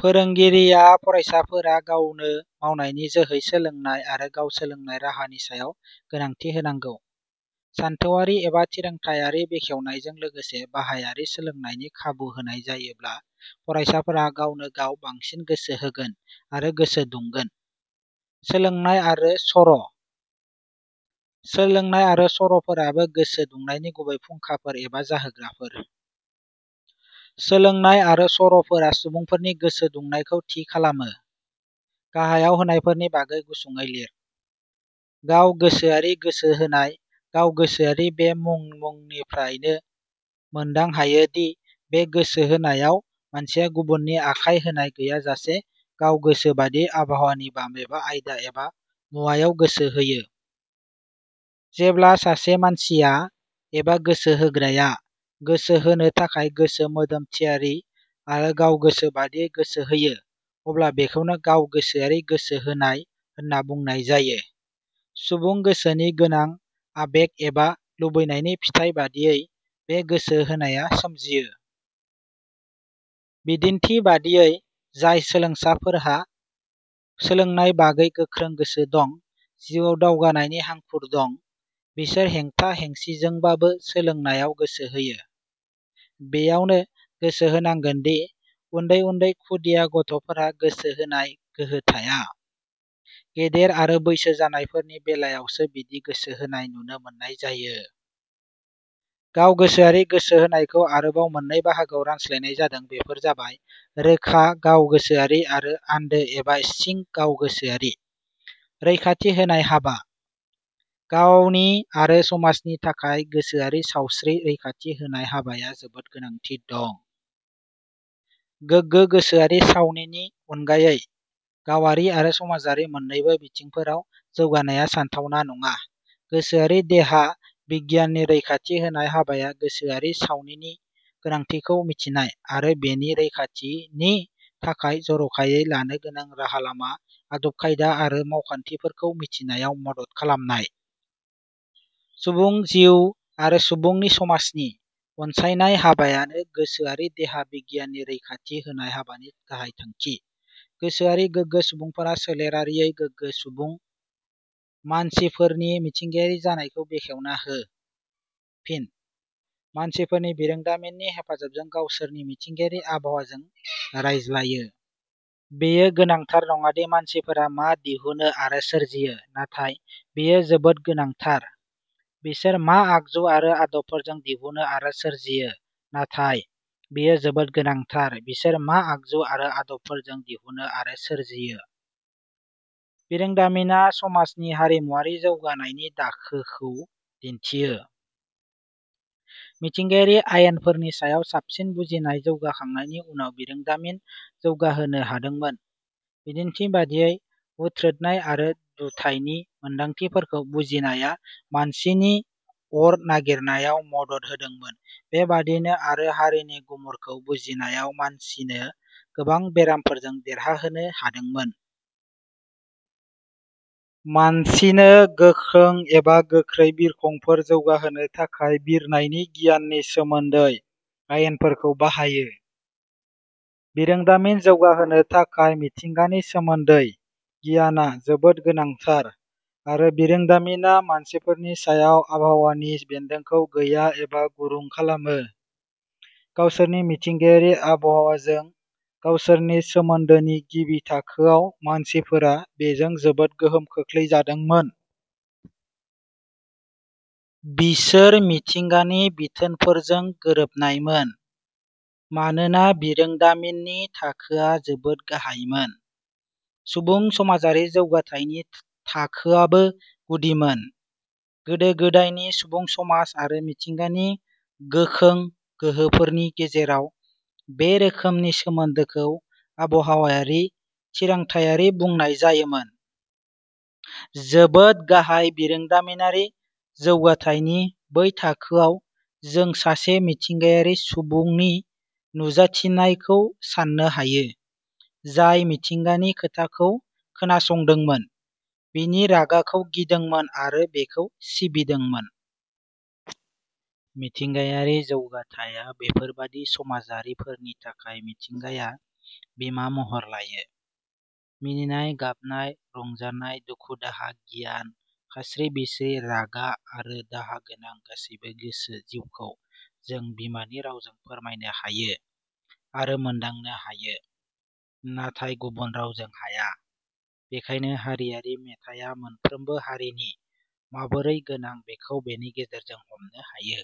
फोरोंगिरिया फरायसाफोरा गावनो मावनायनि जोहै सोलोंनाय आरो गाव सोलोंनाय राहानि सायाव गोनांथि होनांगौ। सानथौवारि एबा थिरांथाइयारि बेखेवनायजों लोगोसे बाहायारि सोलोंनायनि खाबु होनाय जायोब्ला फरायसाफोरा गावनो गाव बांसिन गोसो होगोन आरो गोसो दुंगोन। सोलोंनाय आरो सर': सोलोंनाय आरो सर 'फोराबो गोसो दुंनायनि गुबै फुंखाफोर एबा जाहोग्राफोर। सोलोंनाय आरो सर 'फोरा सुबुंफोरनि गोसो दुंनायखौ थि खालामो। गाहायाव होनायफोरनि बागै गुसुङै लिर।: गावगोसोआरि गोसो होनाय: गाव गोसोआरि बे मुंनिफ्रायनो मोनदां हायो दि बे गोसो होनायाव मानसिया गुबुननि आखाय होनाय गैयाजासे गाव गोसो बादियै आबहावानि माबेबा आयदा एबा मुवायाव गोसो होयो। जेब्ला सासे मानसिया एबा गोसो होग्राया गोसो होनो थाखाय गोसो मोदोम थियारि आरो गाव गोसो बादियै गोसो होयो अब्ला बेखौनो गाव गोसोआरि गोसो होनाय होनना बुंनाय जायो। सुबुं गोसोनि गोनां आबेग एबा लुबैनायनि फिथाइ बादियै बे गोसो होनाया सोमजियो। बिदिन्थि बादियै, जाय सोलोंसाफोरहा, सोलोंनाय बागै गोख्रों गोसो दं, जिउआव दावगानायनि हांखुर दं, बिसोर हेंथा हेंसिजोंबाबो सोलोंनायाव गोसो होयो। बेयावनो गोसो होनांगोन दि उन्दै उन्दै खुदिया गथ'फोरहा गोसो होनाय गोहो थाया। गेदेर आरो बैसो जानायफोरनि बेलायावसो बिदि गोसो होनाय नुनो मोननाय जायो। गावगोसोआरि गोसो होनायखौ आरोबाव मोननै बाहागोआव रानस्लायनाय जादों, बेफोर जाबाय- रोखा गावगोसोआरि आरो आन्दो एबा सिं गावगोसोआरि। रैखाथि होनाय हाबा: गावनि आरो समाजनि थाखाय गोसोआरि सावस्रि रैखाथि होनाय हाबाया जोबोद गोनांथि दं। गोगो गोसोआरि सावनिनि उनगायै गावारि आरो समाजारि मोननैबो बिथिंफोराव जौगानाया सानथावना नङा। गोसोआरि देहा बिगियाननि रैखाथि होनाय हाबाया गोसोआरि सावनिनि गोनांथिखौ मिथिनाय आरो बेनि रैखाथिनि थाखाय जर 'खायै लानो गोनां राहा-लामा, आदब-खायदा आरो मावखान्थिफोरखौ मिथिनायाव मदद खालामनाय। सुबुं जिउ आरो सुबुं समाजनि अनसायनाय हाबायानो गोसोआरि देहा बिगियाननि रैखाथि होनाय हाबानि गाहाइ थांखि। गोसोआरि गोगो सुबुंफोरा सोलेरारियै गोगो सुबुं। मानसिफोरनि मिथिंगायारि जानायखौ बेखेवना हो। फिन: मानसिफोरनि बिरोंदामिननि हेफाजाबजों गावसोरनि मिथिंगायारि आबहावाजों रायज्लायो। बेयो गोनांथार नङादि मानसिफोरा मा दिहुनो आरो सोरजियो। नाथाय बेयो जोबोद गोनांथार- "बिसोर मा आगजु आरो आदबफोरजों दिहुनो आरो सोरजियो। नाथाय बेयो जोबोद गोनांथार 'बिसोर मा आगजु आरो आदबफोरजों दिहुनो आरो सोरजियो? " बिरोंदामिना समाजनि हारिमुवारि जौगानायनि दाखोखौ दिन्थियो। मिथिंगायारि आयेनफोरनि सायाव साबसिन बुजिनाय जौगाखांनायनि उनाव बिरोंदामिन जौगाहोनो हादोंमोन। बिदिन्थि बादियै, हुथ्रोदनाय आरो दुथाइनि मोन्दांथिफोरखौ बुजिनाया मानसिनो अर नागिरनायाव मदद होदोंमोन। बे बायदिनो आरो हारिनि गुमुरखौ बुजिनायाव मानसिनो गोबां बेरामफोरजों देरहाहोनो हादोंमोन। मानसिनो गोखों एबा गोख्रै बिरखंफोर जौगाहोनो थाखाय बिरनायनि गियाननि सोमोन्दै आयेनफोरखौ बाहायो। बिरोंदामिन जौगाहोनो थाखाय मिथिंगानि सोमोन्दै गियानआ जोबोद गोनांथार आरो बिरोंदामिनआ मानसिफोरनि सायाव आबहावानि बेन्दोंखौ गैया एबा गुरुं खालामो। गावसोरनि मिथिंगायारि आबहावाजों गावसोरनि सोमोन्दोनि गिबि थाखोआव मानसिफोरा बेजों जोबोद गोहोम खोख्लैजादोंमोन। बिसोर मिथिंगानि बिथोनफोरजों गोरोबनायमोन। मानोना बिरोंदामिननि थाखोआ जोबोद गाहायमोन। सुबुं समाजारि जौगाथाइनि थाखोआबो गुदिमोन। गोदो- गोदायनि सुबुं समाज आरो मिथिंगानि गोखों गोहोफोरनि गेजेराव बे रोखोमनि सोमोन्दोखौ आबहावायारि थिरांथायारि बुंनाय जायोमोन। जोबोद गाहाय बिरोंदामिनारि जौगाथाइनि बै थाखोआव जों सासे मिथिंगायारि सुबुनि नुजाथिनायखौ साननो हायो, जाय मिथिंगानि खोथाखौ खोनासंदोंमोन, बिनि रागाखौ गिदोंमोन आरो बेखौ सिबिदोंमोन। मिथिंगायारि जौगाथाइया बेफोरबादि समाजारिफोरनि थाखाय मिथिंगाया बिमा महर लायो। मिनिनाय-गाबनाय, रंजानाय, दुखु दाहा, गियान, खास्रि बिस्रि, रागा आरो दाहा गोनां गासैबो गोसो जिउखौ जों बिमानि रावजों फोरमायनो हायो आरो मोन्दांनो हायो। नाथाय गुबुन रावजों हाया। बेखायनो हारियारि मेथाइया मोनफ्रोमबो हारिनि माबोरै गोनां बेखौ बेनि गेजेरजों हमनो हायो।